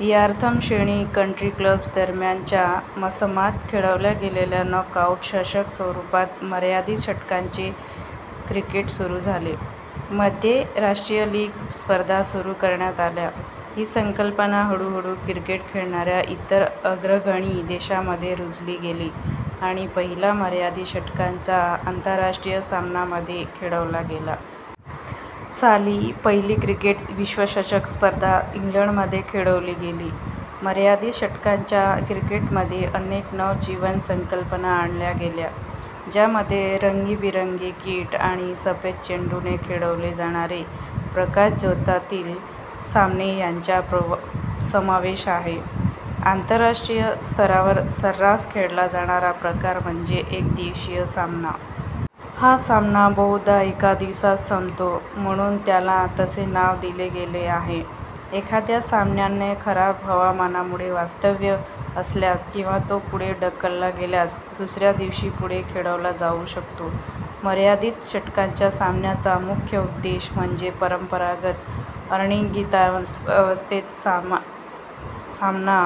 ऱ्यारथम श्रेणी country clubs दरम्यान च्या मोसमात खेळवल्या गेलेल्या नॉकआऊट चषक स्वरूपात मर्यादित षटकांचे क्रिकेट सुरू झाले. मध्ये राष्ट्रीय लीग स्पर्धा सुरू करण्यात आल्या. ही संकल्पना हळूहळू क्रिकेट खेळणाऱ्या इतर अग्रगणी देशांमध्ये रुजली गेली आणि पहिला मर्यादित षटकांचा आंतरराष्ट्रीय सामना मध्ये खेळवला गेला. साली, पहिली क्रिकेट विश्वचषक स्पर्धा इंग्लंडमध्ये खेळवली गेली. मर्यादित षटकांच्या क्रिकेटमध्ये अनेक नवनवीन संकल्पना आणल्या गेल्या ज्यामध्ये रंगीबेरंगी किट आणि सफेद चेंडूने खेळवले जाणारे प्रकाशझोतातील सामने ह्यांचा समावेश आहे. आंतरराष्ट्रीय स्तरावर सर्रास खेळला जाणारा प्रकार म्हणजे "एकदिवसीय सामना". हा सामना बहुधा एका दिवसात संपतो म्हणून त्याला तसे नाव दिले गेले आहे. एखाद्या सामन्यान खराब हवामानामुळे व्यत्यय आल्यास किंवा तो पुढे ढकलला गेल्यास दुसऱ्या दिवशी पुढे खेळवला जावू शकतो. मर्यादित षटकांच्या सामन्याचा मुख्य उद्देश म्हणजे परंपरागत अनिर्णितावस्थेत सामना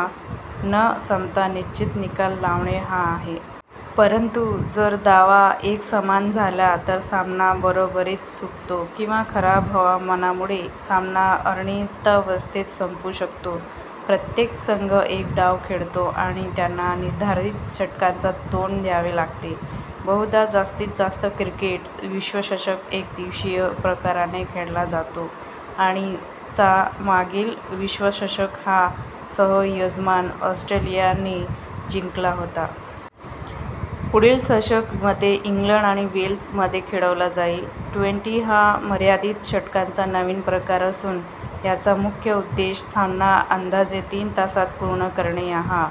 न संपता निश्चित निकाल लावणे हा आहे. परंतु जर धावा एकसमान झाल्या तर सामना बरोबरीत सुटतो किंवा खराब हवामानामुळे सामना अनिर्णितावस्थेत संपू शकतो. प्रत्येक संघ एक डाव खेळतो आणि त्यांना निर्धारित षटकांना तोंड द्यावे लागते, बहुधा जास्तीत जास्त. क्रिकेट विश्वचषक एकदिवसीय प्रकाराने खेळला जातो आणि चा मागील विश्वचषक हा सह-यजमान ऑस्ट्रेलियाने जिंकला होता. पुढील विश्वचषक मध्ये इंग्लंड आणि वेल्स मध्ये खेळवला जाईल. ट्वेंटी हा मर्यादित षटकांचा नवीन प्रकार असून ह्याचा मुख्य उद्देश सामना अंदाजे तीन तासात पूर्ण करणे हा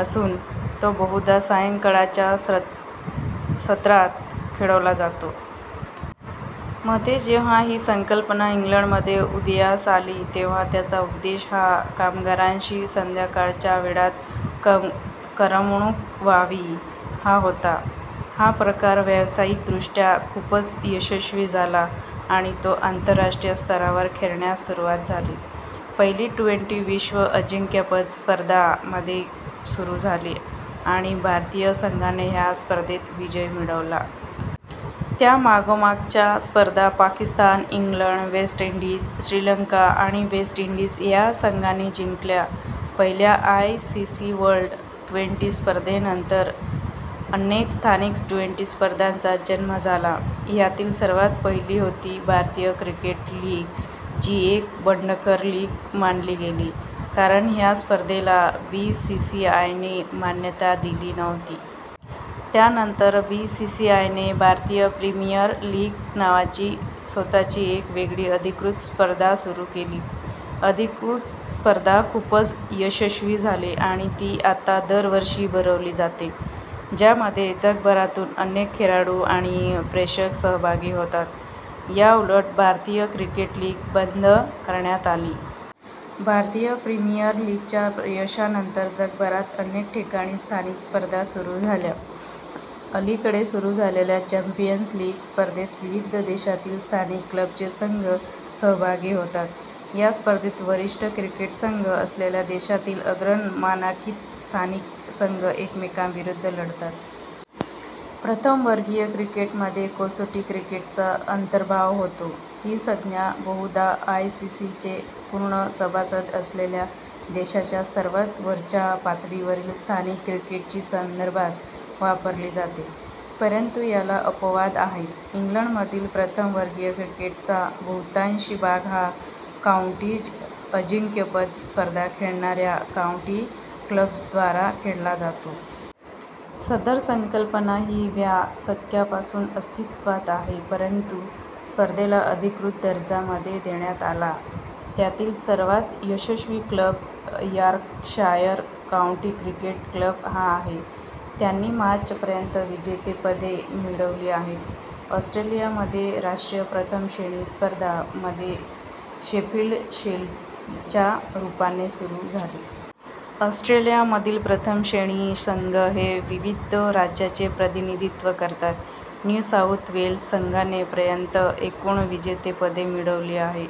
असून, तो बहुधा सायंकाळच्या सत्रात खेळवला जातो. मध्ये जेव्हा ही संकल्पना इंग्लंडमध्ये उदयास आली तेव्हा त्याचा उद्देश हा कामगारांची संध्याकाळच्या वेळात करमणूक व्हावी हा होता. हा प्रकार व्यावसायिकदृष्ट्या खूपच यशस्वी झाला आणि तो आंतरराष्ट्रीय स्तरावर खेळण्यास सुरुवात झाली. पहिली ट्वेंटी विश्व अजिंक्यपद स्पर्धा मध्ये सुरू झाली आणि भारतीय संघाने ह्या स्पर्धेत विजय मिळवला. त्यामागोमागच्या स्पर्धा Pakistan, England, West Indies, Sri Lanka आणि वेस्ट इंडीज ह्या संघांनी जिंकल्या. पहिल्या I. C. C. World twenty स्पर्धेनंतर अनेट स्थानिक ट्वेंटी स्पर्धांचा जन्म झाला. ह्यातील सर्वात पहिली होती भारतीय क्रिकेट लीग जी एक बंडखोर लीग मानली गेली कारण ह्या स्पर्धेला बीसीसीआयने मान्यता दिली नव्हती. त्यानंतर बीसीसीआयने भारतीय प्रीमियर लीग नावाची स्वतःची एक वेगळी अधिकृत स्पर्धा सुरू केली. अधिकृत स्पर्धा खूपच यशस्वी झाली आणि ती आता दरवर्षी भरवली जाते. ज्यामध्ये जगभरातून अनेक खेळाडू आणि प्रेक्षक सहभागी होतात. याउलट भारतीय क्रिकेट लीग बंद करण्यात आली. भारतीय प्रीमियर लीगच्या यशानंतर जगभरात अनेक ठिकाणी स्थानिक स्पर्धा सुरू झाल्या. अलीकडे सुरू झालेल्या - चॅंपियन्स लीग स्पर्धेत विविध देशातील स्थानिक क्लबचे संघ सहभागी होतात. ह्या स्पर्धेत वरिष्ठ क्रिकेट संघ असलेल्या देशांतील अग्रमानांकीत स्थानिक संघ एकमेकांविरुद्ध लढतात. प्रथम वर्गीय क्रिकेटमध्ये कसोटी क्रिकेटचा अंतर्भाव होतो. ही संज्ञा बहुधा आयसीसीचे पूर्ण सभासद असलेल्या देशांच्या सर्वात वरच्या पातळीवरील स्थानिक क्रिकेटशी संदर्भात वापरली जाते, परंतु याला अपवाद आहेत. इंग्लंडमधील प्रथम वर्गीय क्रिकेटचा बहुतांशी भाग हा काउंटी अजिंक्यपद स्पर्धा खेळणाऱ्या काउंटी क्लब्जद्वारा खेळला जातो. सदर संकल्पना ही व्या शतकापासून अस्तित्वात आहे परंतु स्पर्धेला अधिकृत दर्जा मध्ये देण्यात आला. ह्यातील सर्वात यशस्वी club Yorkshire county cricket club हा आहे. त्यांनी मार्च पर्यंत विजेतेपदे मिळवली आहेत. ऑस्ट्रेलियामध्ये राष्ट्रीय प्रथम श्रेणी स्पर्धा - मध्ये शेफील्ड शील्डच्या रूपाने सुरू झाली. ऑस्ट्रेलियामधील प्रथम-श्रेणी संघ हे विविध राज्याचे प्रतिनिधित्व करतात. न्यू साउथ वेल्स संघाने पर्यंत एकूण विजेतेपदे मिळवली आहे.